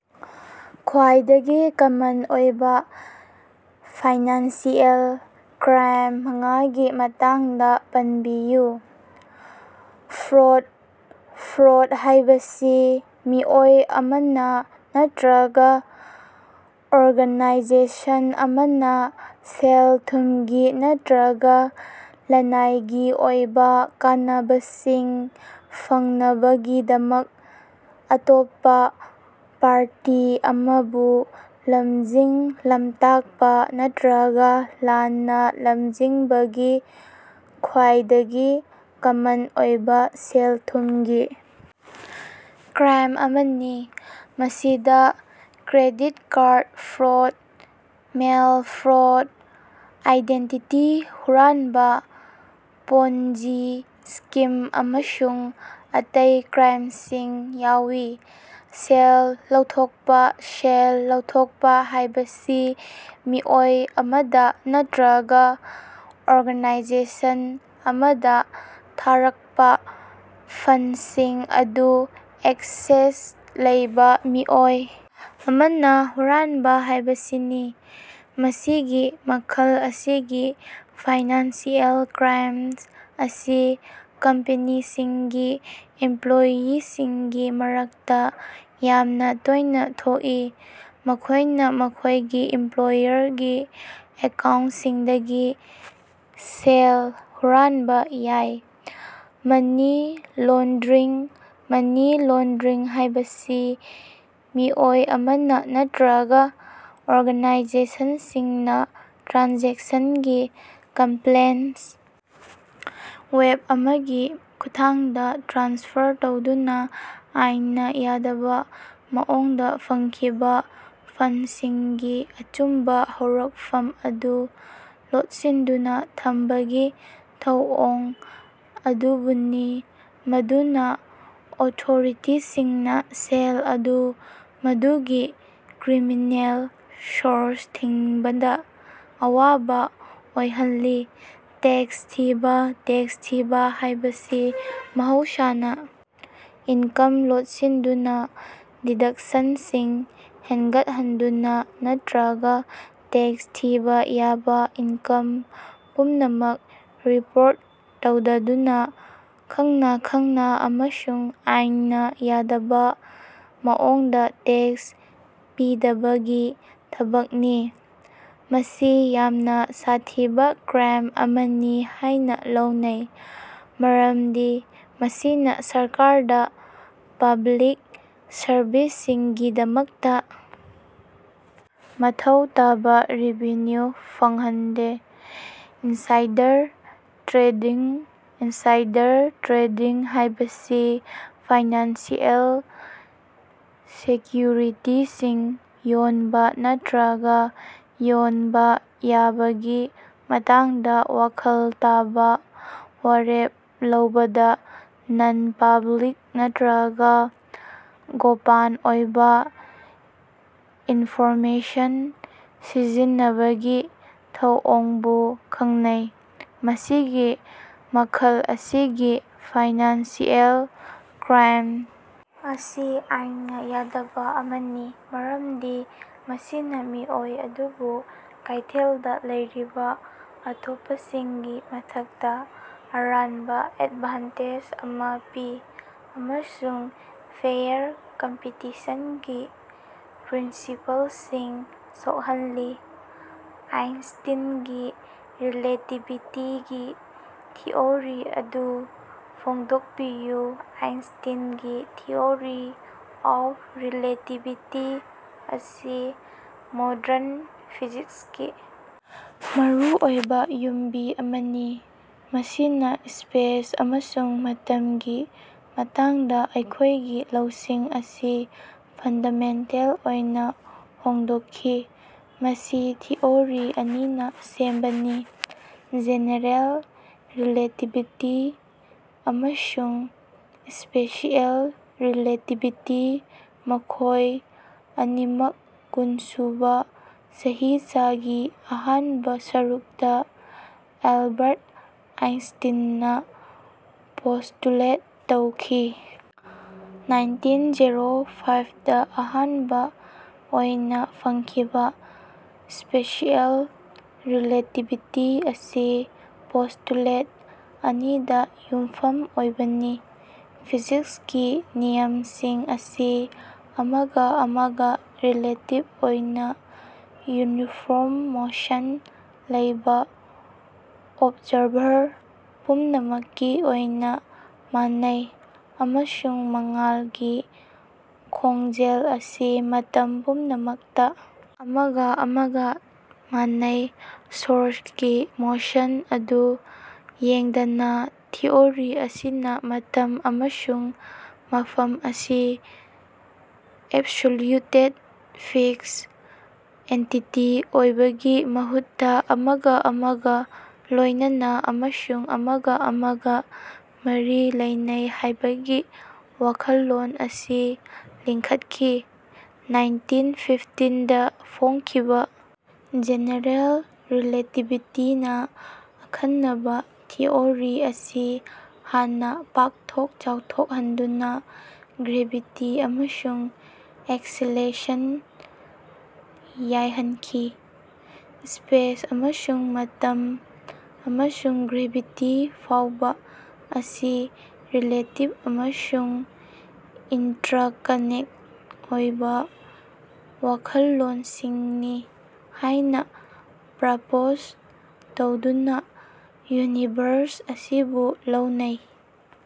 ꯈ꯭ꯋꯥꯏꯗꯒꯤ ꯀꯃꯟ ꯑꯣꯏꯕ financial crime ꯃꯉꯥꯒꯤ ꯃꯇꯥꯡꯗ ꯄꯟꯕꯤꯌꯨ꯫ ꯐ꯭ꯔꯣꯠ: ꯐ꯭ꯔꯣꯠ ꯍꯥꯏꯕꯁꯤ ꯃꯤꯑꯣꯏ ꯑꯃꯅ ꯅꯠꯇ꯭ꯔꯒ ꯑꯣꯔꯒꯥꯅꯥꯏꯖꯦꯁꯟ ꯑꯃꯅ ꯁꯦꯜ-ꯊꯨꯝꯒꯤ ꯅꯠꯇ꯭ꯔꯒ ꯂꯅꯥꯏꯒꯤ ꯑꯣꯏꯕ ꯀꯥꯟꯅꯕꯁꯤꯡ ꯐꯪꯅꯕꯒꯤꯗꯃꯛ ꯑꯇꯣꯞꯄ ꯄꯥꯔꯇꯤ ꯑꯃꯕꯨ ꯂꯝꯖꯤꯡ-ꯂꯝꯇꯥꯛꯄ ꯅꯠꯇ꯭ꯔꯒ ꯂꯥꯟꯅ ꯂꯝꯖꯤꯡꯕꯒꯤ ꯈ꯭ꯋꯥꯏꯗꯒꯤ ꯀꯃꯟ ꯑꯣꯏꯕ ꯁꯦꯜ-ꯊꯨꯝꯒꯤ ꯀ꯭ꯔꯥꯏꯝ ꯑꯃꯅꯤ꯫ ꯃꯁꯤꯗ credit card fraud, mail fraud, identity ꯍꯨꯔꯥꯟꯕ, ꯄꯣꯟꯖꯤ ꯁ꯭ꯀꯤꯝ ꯑꯃꯁꯨꯡ ꯑꯇꯩ ꯀ꯭ꯔꯥꯏꯝꯁꯤꯡ ꯌꯥꯎꯏ꯫ ꯁꯦꯜ ꯂꯧꯊꯣꯛꯄ: ꯁꯦꯜ ꯂꯧꯊꯣꯛꯄ ꯍꯥꯏꯕꯁꯤ ꯃꯤꯑꯣꯏ ꯑꯃꯗ ꯅꯠꯇ꯭ꯔꯒ ꯑꯣꯔꯒꯥꯅꯥꯏꯖꯦꯁꯟ ꯑꯃꯗ ꯊꯥꯔꯛꯄ ꯐꯟꯁꯤꯡ ꯑꯗꯨ ꯑꯦꯛꯁꯦꯁ ꯂꯩꯕ ꯃꯤꯑꯣꯏ ꯑꯃꯅ ꯍꯨꯔꯥꯟꯕ ꯍꯥꯏꯕꯁꯤꯅꯤ꯫ ꯃꯁꯤꯒꯤ ꯃꯈꯜ ꯑꯁꯤꯒꯤ ꯐꯥꯏꯅꯥꯟꯁꯤꯑꯦꯜ ꯀ꯭ꯔꯥꯏꯝ ꯑꯁꯤ ꯀꯝꯄꯅꯤꯁꯤꯡꯒꯤ ꯏꯝꯄ꯭ꯂꯣꯌꯤꯁꯤꯡꯒꯤ ꯃꯔꯛꯇ ꯌꯥꯝꯅ ꯇꯣꯏꯅ ꯊꯣꯛꯏ, ꯃꯈꯣꯏꯅ ꯃꯈꯣꯏꯒꯤ ꯏꯝꯄ꯭ꯂꯣꯌꯔꯒꯤ ꯑꯦꯀꯥꯎꯟꯇꯁꯤꯡꯗꯒꯤ ꯁꯦꯜ ꯍꯨꯔꯥꯟꯕ ꯌꯥꯏ꯫ ꯃꯅꯤ ꯂꯣꯟꯗꯔꯤꯡ: ꯃꯅꯤ ꯂꯣꯟꯗꯔꯤꯡ ꯍꯥꯏꯕꯁꯤ ꯃꯤꯑꯣꯏ ꯑꯃꯅ ꯅꯠꯇ꯭ꯔꯒ ꯑꯣꯔꯒꯥꯅꯥꯏꯖꯦꯁꯟꯁꯤꯡꯅ ꯇ꯭ꯔꯥꯟꯖꯦꯛꯁꯟꯒꯤ ꯀꯝꯄ꯭ꯂꯦꯁ ꯋꯦꯕ ꯑꯃꯒꯤ ꯈꯨꯠꯊꯥꯡꯗ ꯇ꯭ꯔꯥꯟꯁꯐꯔ ꯇꯧꯗꯨꯅ ꯑꯥꯏꯟꯅ ꯌꯥꯗꯕ ꯃꯑꯣꯡꯗ ꯐꯪꯈꯤꯕ ꯐꯟꯁꯤꯡꯒꯤ ꯑꯆꯨꯝꯕ ꯍꯧꯔꯛꯐꯝ ꯑꯗꯨ ꯂꯣꯠꯁꯤꯟꯗꯨꯅ ꯊꯝꯕꯒꯤ ꯊꯧꯑꯣꯡ ꯑꯗꯨꯕꯨꯅꯤ, ꯃꯗꯨꯅ ꯑꯣꯊꯣꯔꯤꯇꯤꯁꯤꯡꯅ ꯁꯦꯜ ꯑꯗꯨ ꯃꯗꯨꯒꯤ ꯀ꯭ꯔꯤꯃꯤꯅꯦꯜ ꯁꯣꯔꯁꯇ ꯊꯤꯡꯕꯗ ꯑꯋꯥꯕ ꯑꯣꯏꯍꯜꯂꯤ꯫ ꯇꯦꯛꯁ ꯊꯤꯕ: ꯇꯦꯛꯁ ꯊꯤꯕ ꯍꯥꯏꯕꯁꯤ ꯃꯍꯧꯁꯥꯅ ꯏꯟꯀꯝ ꯂꯣꯠꯁꯤꯟꯗꯨꯅ, ꯗꯤꯗꯛꯁꯟꯁꯤꯡ ꯍꯦꯟꯒꯠꯍꯟꯗꯨꯅ ꯅꯠꯇ꯭ꯔꯒ ꯇꯦꯛꯁ ꯊꯤꯕ ꯌꯥꯕ ꯏꯟꯀꯝ ꯄꯨꯝꯅꯃꯛ ꯔꯤꯄꯣꯔꯠ ꯇꯧꯗꯗꯨꯅ, ꯈꯪꯅ ꯈꯪꯅ ꯑꯃꯁꯨꯡ ꯑꯥꯏꯟꯅ ꯌꯥꯗꯕ ꯃꯑꯣꯡꯗ ꯇꯦꯛꯁ ꯄꯤꯗꯕꯒꯤ ꯊꯕꯛꯅꯤ꯫ ꯃꯁꯤ ꯌꯥꯝꯅ ꯁꯥꯊꯤꯕ ꯀ꯭ꯔꯥꯏꯝ ꯑꯃꯅꯤ ꯍꯥꯏꯅ ꯂꯧꯅꯩ, ꯃꯔꯝꯗꯤ ꯃꯁꯤꯅ ꯁꯔꯀꯥꯔꯗ ꯄꯕ꯭ꯂꯤꯛ ꯁꯔꯚꯤꯁꯁꯤꯡꯒꯤꯗꯃꯛꯇ ꯃꯊꯧ ꯇꯥꯕ ꯔꯦꯚꯤꯅ꯭ꯌꯨ ꯐꯪꯍꯟꯗꯦ꯫ ꯏꯟꯁꯥꯏꯗꯔ ꯇ꯭ꯔꯦꯗꯤꯡ: ꯏꯟꯁꯥꯏꯗꯔ ꯇ꯭ꯔꯦꯗꯤꯡ ꯍꯥꯏꯕꯁꯤ ꯐꯥꯏꯅꯥꯟꯁꯤꯑꯦꯜ ꯁꯦꯀ꯭ꯌꯨꯔꯤꯇꯤꯁꯤꯡ ꯌꯣꯟꯕ ꯅꯠꯇ꯭ꯔꯒ ꯌꯣꯟꯕ ꯌꯥꯕꯒꯤ ꯃꯇꯥꯡꯗ ꯋꯥꯈꯜ ꯇꯥꯕ ꯋꯥꯔꯦꯞ ꯂꯧꯕꯗ ꯅꯟ-ꯄꯕ꯭ꯂꯤꯛ ꯅꯠꯇ꯭ꯔꯒ ꯒꯣꯄꯟ ꯑꯣꯏꯕ ꯏꯟꯐꯣꯔꯃꯦꯁꯟ ꯁꯤꯖꯤꯟꯅꯕꯒꯤ ꯊꯧꯑꯣꯡꯕꯨ ꯈꯪꯅꯩ꯫ ꯃꯁꯤꯒꯤ ꯃꯈꯜ ꯑꯁꯤꯒꯤ ꯐꯥꯏꯅꯥꯟꯁꯤꯑꯦꯜ ꯀ꯭ꯔꯥꯏꯝ ꯑꯁꯤ ꯑꯥꯏꯟꯅ ꯌꯥꯗꯕ ꯑꯃꯅꯤ ꯃꯔꯝꯗꯤ ꯃꯁꯤꯅ ꯃꯤꯑꯣꯏ ꯑꯗꯨꯕꯨ ꯀꯩꯊꯦꯜꯗꯥ ꯂꯩꯔꯤꯕ ꯑꯇꯣꯞꯄꯁꯤꯡꯒꯤ ꯃꯊꯛꯇ ꯑꯔꯥꯟꯕ ꯑꯦꯗꯚꯥꯟꯇꯦꯖ ꯑꯃ ꯄꯤ ꯑꯃꯁꯨꯡ ꯐꯦꯌꯔ ꯀꯝꯄꯤꯇꯤꯁꯟꯒꯤ ꯄ꯭ꯔꯤꯟꯁꯤꯄꯜꯁꯤꯡ ꯁꯣꯛꯍꯜꯂꯤ꯫ ꯑꯥꯏꯟꯁꯇꯤꯟꯒꯤ ꯔꯤꯂꯦꯇꯤꯕꯤꯇꯤꯒꯤ ꯊꯤꯑꯣꯔꯤ ꯑꯗꯨ ꯐꯣꯡꯗꯣꯛꯄꯤꯌꯨ꯫ ꯑꯥꯏꯟꯁꯇꯤꯟꯒꯤ ꯊꯤꯑꯣꯔꯤ ꯑꯣꯐ ꯔꯤꯂꯦꯇꯤꯕꯤꯇꯤ ꯑꯁꯤ ꯃꯣꯗꯔꯟ ꯐꯤꯖꯤꯛꯁꯀꯤ ꯃꯔꯨꯑꯣꯏꯕ ꯌꯨꯝꯕꯤ ꯑꯃꯅꯤ, ꯃꯁꯤꯅ ꯁ꯭ꯄꯦꯁ ꯑꯃꯁꯨꯡ ꯃꯇꯝꯒꯤ ꯃꯇꯥꯡꯗ ꯑꯩꯈꯣꯏꯒꯤ ꯂꯧꯁꯤꯡ ꯑꯁꯤ ꯐꯟꯗꯥꯃꯦꯟꯇꯦꯜ ꯑꯣꯏꯅ ꯍꯣꯡꯗꯣꯛꯈꯤ꯫ ꯃꯁꯤ ꯊꯤꯑꯣꯔꯤ ꯑꯅꯤꯅ ꯁꯦꯝꯕꯅꯤ: ꯖꯦꯅꯦꯔꯦꯜ ꯔꯤꯂꯦꯇꯤꯕꯤꯇꯤ ꯑꯃꯁꯨꯡ ꯁ꯭ꯄꯦꯁꯤꯑꯦꯜ ꯔꯤꯂꯦꯇꯤꯕꯤꯇꯤ, ꯃꯈꯣꯏ ꯑꯅꯤꯃꯛ ꯀꯨꯟꯁꯨꯕ ꯆꯍꯤꯆꯥꯒꯤ ꯑꯍꯥꯟꯕ ꯁꯔꯨꯛꯇ ꯑꯦꯜꯕꯥꯔꯠ ꯑꯥꯏꯟꯁꯇꯤꯟꯅ ꯄꯣꯁꯇꯨꯂꯦꯠ ꯇꯧꯈꯤ꯫ ꯅꯥꯏꯟꯇꯤꯟ ꯖꯦꯔꯣ ꯐꯥꯏꯞꯗꯥ ꯑꯍꯥꯟꯕ ꯑꯣꯏꯅ ꯐꯣꯈꯤꯕ ꯁ꯭ꯄꯦꯁꯤꯑꯦꯜ ꯔꯤꯂꯦꯇꯤꯕꯤꯇꯤ ꯑꯁꯤ ꯄꯣꯁꯇꯨꯂꯦꯠ ꯑꯅꯤꯗ ꯌꯨꯝꯐꯝ ꯑꯣꯏꯕꯅꯤ: ꯐꯤꯖꯤꯛꯁꯀꯤ ꯅꯤꯌꯝꯁꯤꯡ ꯑꯁꯤ ꯑꯃꯒ ꯑꯃꯒ ꯔꯤꯂꯦꯇꯤꯚ ꯑꯣꯏꯅ ꯌꯨꯅꯤꯐꯣꯔꯝ ꯃꯣꯁꯟ ꯂꯩꯕ ꯑꯣꯕꯖꯥꯔꯚꯔ ꯄꯨꯝꯅꯃꯛꯀꯤ ꯑꯣꯏꯅ ꯃꯥꯟꯅꯩ, ꯑꯃꯁꯨꯡ ꯃꯉꯥꯜꯒꯤ ꯈꯣꯡꯖꯦꯜ ꯑꯁꯤ ꯃꯇꯝ ꯄꯨꯝꯅꯃꯛꯇ ꯑꯃꯒ ꯑꯃꯒ ꯃꯥꯟꯅꯩ, ꯁꯣꯔꯁꯀꯤ ꯃꯣꯁꯟ ꯑꯗꯨ ꯌꯦꯡꯗꯅ꯫ ꯊꯤꯑꯣꯔꯤ ꯑꯁꯤꯅ ꯃꯇꯝ ꯑꯃꯁꯨꯡ ꯃꯐꯝ ꯑꯁꯤ ꯑꯦꯕꯁꯣꯂ꯭ꯌꯨꯇꯦꯠ, ꯐꯤꯛꯁ ꯑꯦꯟꯇꯤꯇꯤ ꯑꯣꯏꯕꯒꯤ ꯃꯍꯨꯠꯇ ꯑꯃꯒ ꯑꯃꯒ ꯂꯣꯏꯅꯅ ꯑꯃꯁꯨꯡ ꯑꯃꯒ ꯑꯃꯒ ꯃꯔꯤ ꯂꯩꯅꯩ ꯍꯥꯏꯕꯒꯤ ꯋꯥꯈꯜꯂꯣꯟ ꯑꯁꯤ ꯂꯤꯡꯈꯠꯈꯤ꯫ ꯅꯥꯏꯟꯇꯤꯟ ꯐꯤꯐꯇꯤꯟꯗ ꯐꯣꯡꯈꯤꯕ ꯖꯦꯅꯦꯔꯦꯜ ꯔꯤꯂꯦꯇꯤꯕꯤꯇꯤꯅ ꯑꯈꯟꯅꯕ ꯊꯤꯑꯣꯔꯤ ꯑꯁꯤ ꯍꯟꯅ ꯄꯥꯛꯊꯣꯛ ꯆꯥꯎꯊꯣꯛꯍꯟꯗꯨꯅ ꯒ꯭ꯔꯦꯚꯤꯇꯤ ꯑꯃꯁꯨꯡ ꯑꯦꯛꯁꯤꯂꯦꯁꯟ ꯌꯥꯏꯍꯟꯈꯤ꯫ ꯁ꯭ꯄꯦꯁ ꯑꯃꯁꯨꯡ ꯃꯇꯝ, ꯑꯃꯁꯨꯡ ꯒ꯭ꯔꯦꯚꯤꯇꯤ ꯐꯥꯎꯕ ꯑꯁꯤ ꯔꯤꯂꯦꯇꯤꯚ ꯑꯃꯁꯨꯡ ꯏꯟꯇꯔꯀꯅꯦꯛ ꯑꯣꯏꯕ ꯋꯥꯈꯜꯂꯣꯟꯁꯤꯡꯅꯤ ꯍꯥꯏꯅ ꯄ꯭ꯔꯄꯣꯖ ꯇꯧꯗꯨꯅ ꯌꯨꯅꯤꯚꯔꯁ ꯑꯁꯤꯕꯨ ꯂꯧꯅꯩ꯫